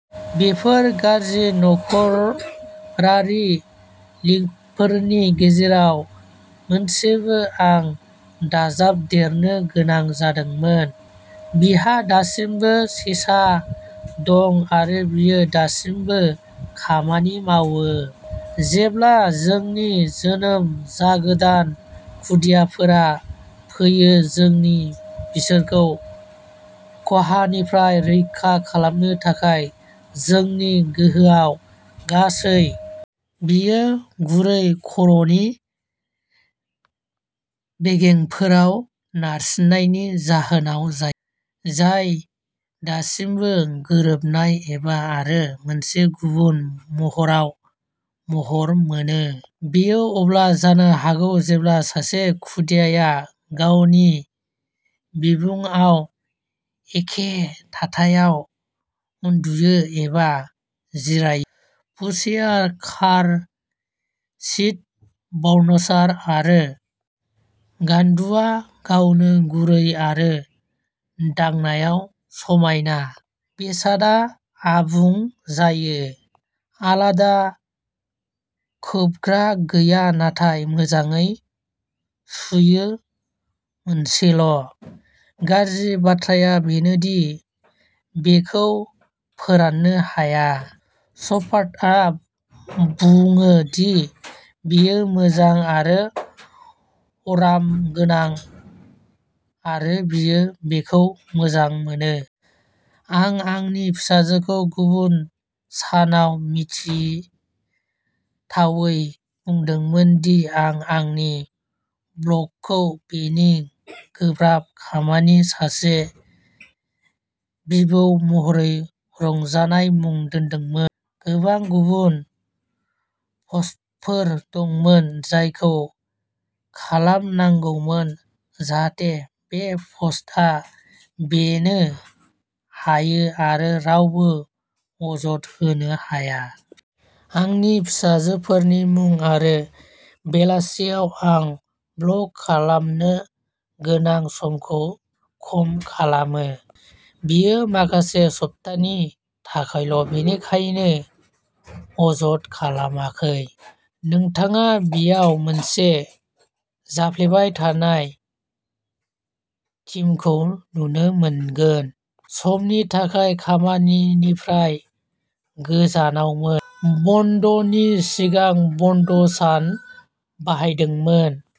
बेफोर गाज्रि नख'रारि लिंकफोरनि गेजेराव मोनसेखौ आं दाजाबदेरनो गोनां मोनदोंमोन। बिहा दासिमबो सेसा दं आरो बेयो दासिमबो खामानि मावो। जेब्ला जोंनि जोनोम जागोदान खुदियाफोरा फैयो, जोंनि बिसोरखौ खहानिफ्राय रैखा खालामनो थाखाय जोंनि गोहोआव गासै बेयो गुरै खर'नि बेगेंफोराव नारसिननायनि जाहोनाव जायो। जाय दासिमबो गोरोबनाय नङा आरो मोनसे गुबुन महराव महर मोनो। बेयो अब्ला जानो हागौ जेब्ला सासे खुदियाया गावनि बिखुंआव एखे थाथायाव उन्दुयो एबा जिरायो। पुशचेयार कार सिट बाउन्सार आरो गान्दुआ गावनो गुरै आरो दांनायाव समायना। बेसादआ आबुं जायो। आलादा खोबग्रा गैया नाथाय मोजाङै सुयो मोनसेल'। गाज्रि बाथ्राया बेनो दि बेखौ फोराननो हाया। स्पाडआ बुङो दि बेयो मोजां आरो अरामगोनां आरो बियो बेखौ मोजां मोनो। आं आंनि फिसाजोखौ गुबुन सानाव मिनिथावै बुंदोंमोन दि आं आंनि ब्लगखौ बेनि गोब्राब खामानि सासे बिबौ महरै रंजानाय मुं दोन्दोंमोन। गोबां गुबुन प'स्टफोर दंमोन। जायखौ खालामनांगौमोन जाहाथे बे प'स्टआ बेनो हायो आरो रावबो अजद होनो हाया। आंनि फिसाजोफोरनि फुं आरो बेलासियाव आं ब्लग खालामनो गोनां समखौ खम खालामो। बेयो माखासे सप्तानि थाखायल' बेनिखायनो अजद खालामाखै। नोंथाङा बेयाव मोनसे जाफ्लेबाय थानाय थिमखौ नुनो मोनगोन। साननि थाखाय खामानिनिफ्राय गोजानावमोन। बन्द'नि सिगां बन्द'सान बाहायदोंमोन।